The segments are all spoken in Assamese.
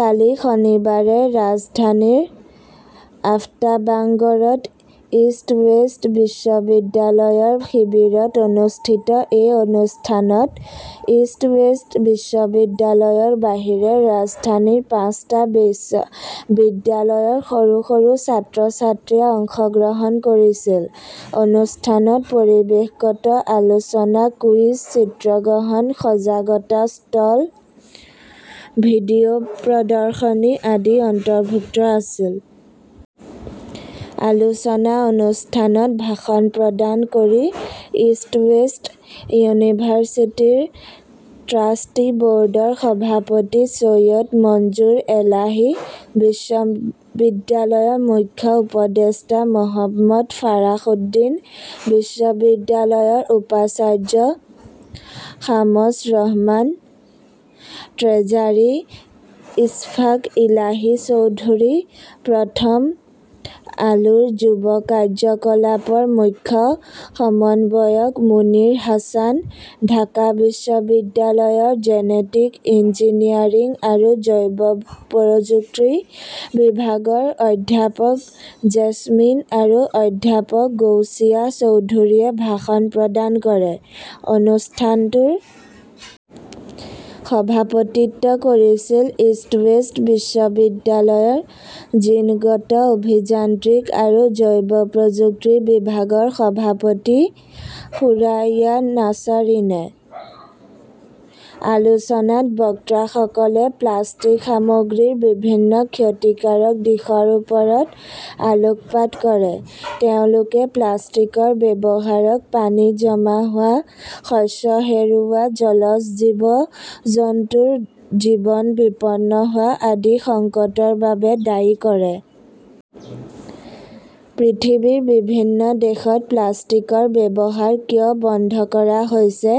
কালি শনিবাৰে ৰাজধানীৰ আফতাবাংগৰত ইষ্ট ৱেষ্ট বিশ্ববিদ্যালয়ৰ শিবিৰত অনুষ্ঠিত এই অনুষ্ঠানত ইষ্ট ৱেষ্ট বিশ্ববিদ্যালয়ৰ বাহিৰে ৰাজধানীৰ পাঁচটা বিশ্ববিদ্যালয়ৰ সৰু সৰু ছাত্ৰ-ছাত্ৰীয়ে অংশগ্ৰহণ কৰিছিল। অনুষ্ঠানত পৰিৱেশগত আলোচনা, কুইজ, চিত্ৰগ্ৰহণ, সজাগতা ষ্টল, ভিডিঅ 'প্ৰদৰ্শনী আদি অন্তৰ্ভুক্ত আছিল। আলোচনা অনুষ্ঠানত ভাষণ প্ৰদান কৰি ইষ্ট ৱেষ্ট ইউনিভাৰ্চিটিৰ ট্ৰাষ্টী ব'ৰ্ডৰ সভাপতি চৈয়দ মঞ্জুৰ এলাহী, বিশ্ববিদ্যালয়ৰ মুখ্য উপদেষ্টা মহম্মদ ফাৰাসুদ্দিন, বিশ্ববিদ্যালয়ৰ উপাচাৰ্য শামছ ৰহমান, ট্ৰেজাৰী ইছফাক ইলাহি চৌধুৰী, প্ৰথম আলোৰ যুৱ কাৰ্যকলাপৰ মুখ্য সমন্বয়ক মুনিৰ হাছান, ঢাকা বিশ্ববিদ্যালয়ৰ জেনেটিক ইঞ্জিনিয়াৰিং আৰু জৈৱ প্ৰযুক্তি বিভাগৰ অধ্যাপক জেছমিন আৰু অধ্যাপক গৌচিয়া চৌধুৰীয়ে ভাষণ প্ৰদান কৰে। অনুষ্ঠানটোৰ সভাপতিত্ব কৰিছিল ইষ্ট ৱেষ্ট বিশ্ববিদ্যালয়ৰ জিনগত অভিযান্ত্ৰিক আৰু জৈৱ প্ৰযুক্তি বিভাগৰ সভাপতি সুৰাইয়া নাছাৰিনে। আলোচনাত বক্তাসকলে প্লাষ্টিক সামগ্ৰীৰ বিভিন্ন ক্ষতিকাৰক দিশৰ ওপৰত আলোকপাত কৰে। তেওঁলোকে প্লাষ্টিকৰ ব্যৱহাৰক পানী জমা হোৱা, শস্য হেৰুওৱা, জলজ জীৱ-জন্তুৰ জীৱন বিপন্ন হোৱা আদি সংকটৰ বাবে দায়ী কৰে। পৃথিৱীৰ বিভিন্ন দেশত প্লাষ্টিকৰ ব্যৱহাৰ কিয় বন্ধ কৰা হৈছে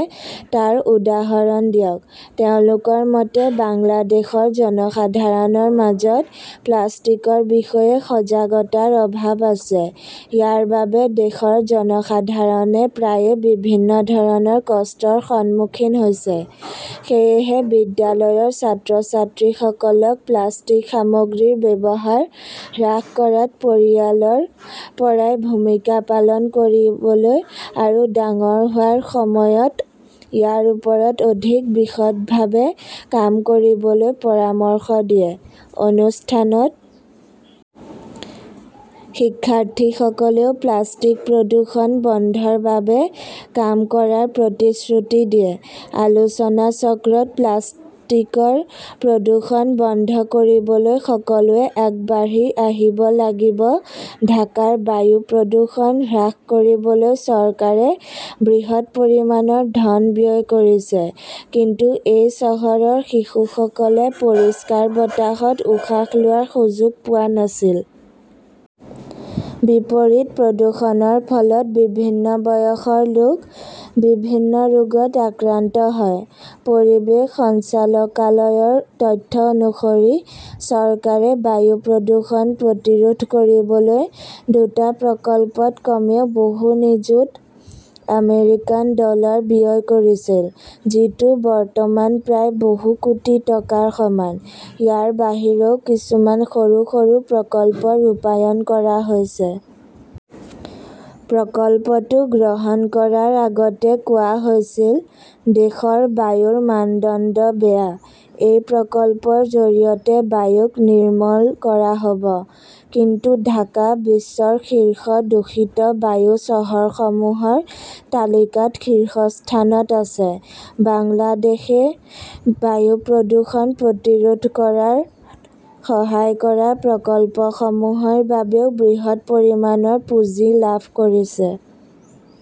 তাৰ উদাহৰণ দিয়ক। তেওঁলোকৰ মতে, বাংলাদেশৰ জনসাধাৰণৰ মাজত প্লাষ্টিকৰ বিষয়ে সজাগতাৰ অভাৱ আছে। ইয়াৰ বাবে দেশৰ জনসাধাৰণে প্ৰায়ে বিভিন্ন ধৰণৰ কষ্টৰ সন্মুখীন হৈছে। সেয়েহে, বিদ্যালয়ৰ ছাত্ৰ-ছাত্ৰীসকলক প্লাষ্টিক সামগ্ৰীৰ ব্যৱহাৰ হ্ৰাস কৰাত পৰিয়ালৰ পৰাই ভূমিকা পালন কৰিবলৈ আৰু ডাঙৰ হোৱাৰ সময়ত ইয়াৰ ওপৰত অধিক বিশদভাৱে কাম কৰিবলৈ পৰামৰ্শ দিয়ে। অনুষ্ঠানত শিক্ষাৰ্থীসকলেও প্লাষ্টিক প্ৰদূষণ বন্ধৰ বাবে কাম কৰাৰ প্ৰতিশ্ৰুতি দিয়ে। আলোচনাচক্ৰত প্লাষ্টিকৰ প্ৰদূষণ বন্ধ কৰিবলৈ সকলোৱে আগবাঢ়ি আহিব লাগিব ঢাকাৰ বায়ু প্ৰদূষণ হ্ৰাস কৰিবলৈ চৰকাৰে বৃহৎ পৰিমাণৰ ধন ব্যয় কৰিছে। কিন্তু এই চহৰৰ শিশুসকলে পৰিষ্কাৰ বতাহত উশাহ লোৱাৰ সুযোগ পোৱা নাছিল। বিপৰীত প্ৰদূষণৰ ফলত বিভিন্ন বয়সৰ লোক বিভিন্ন ৰোগত আক্ৰান্ত হয়। পৰিৱেশ সঞ্চালকালয়ৰ তথ্য অনুসৰি, চৰকাৰে বায়ু প্ৰদূষণ প্ৰতিৰোধ কৰিবলৈ দুটা প্ৰকল্পত কমেও বহু নিযুত আমেৰিকান ডলাৰ ব্যয় কৰিছিল, যিটো বৰ্তমান প্ৰায় বহু কোটি টকাৰ সমান। ইয়াৰ বাহিৰেও কিছুমান সৰু সৰু প্ৰকল্প ৰূপায়ণ কৰা হৈছে। প্ৰকল্পটো গ্ৰহণ কৰাৰ আগতে কোৱা হৈছিল, 'দেশৰ বায়ুৰ মানদণ্ড বেয়া'। এই প্ৰকল্পৰ জৰিয়তে বায়ুক 'নিৰ্মল' কৰা হ'ব। কিন্তু ঢাকা বিশ্বৰ শীৰ্ষ দূষিত বায়ু চহৰসমূহৰ তালিকাত শীৰ্ষস্থানত আছে। বাংলাদেশেই বায়ু প্ৰদূষণ প্ৰতিৰোধ কৰাত সহায় কৰা প্ৰকল্পসমূহৰ বাবেও বৃহৎ পৰিমাণৰ পুঁজি লাভ কৰিছে।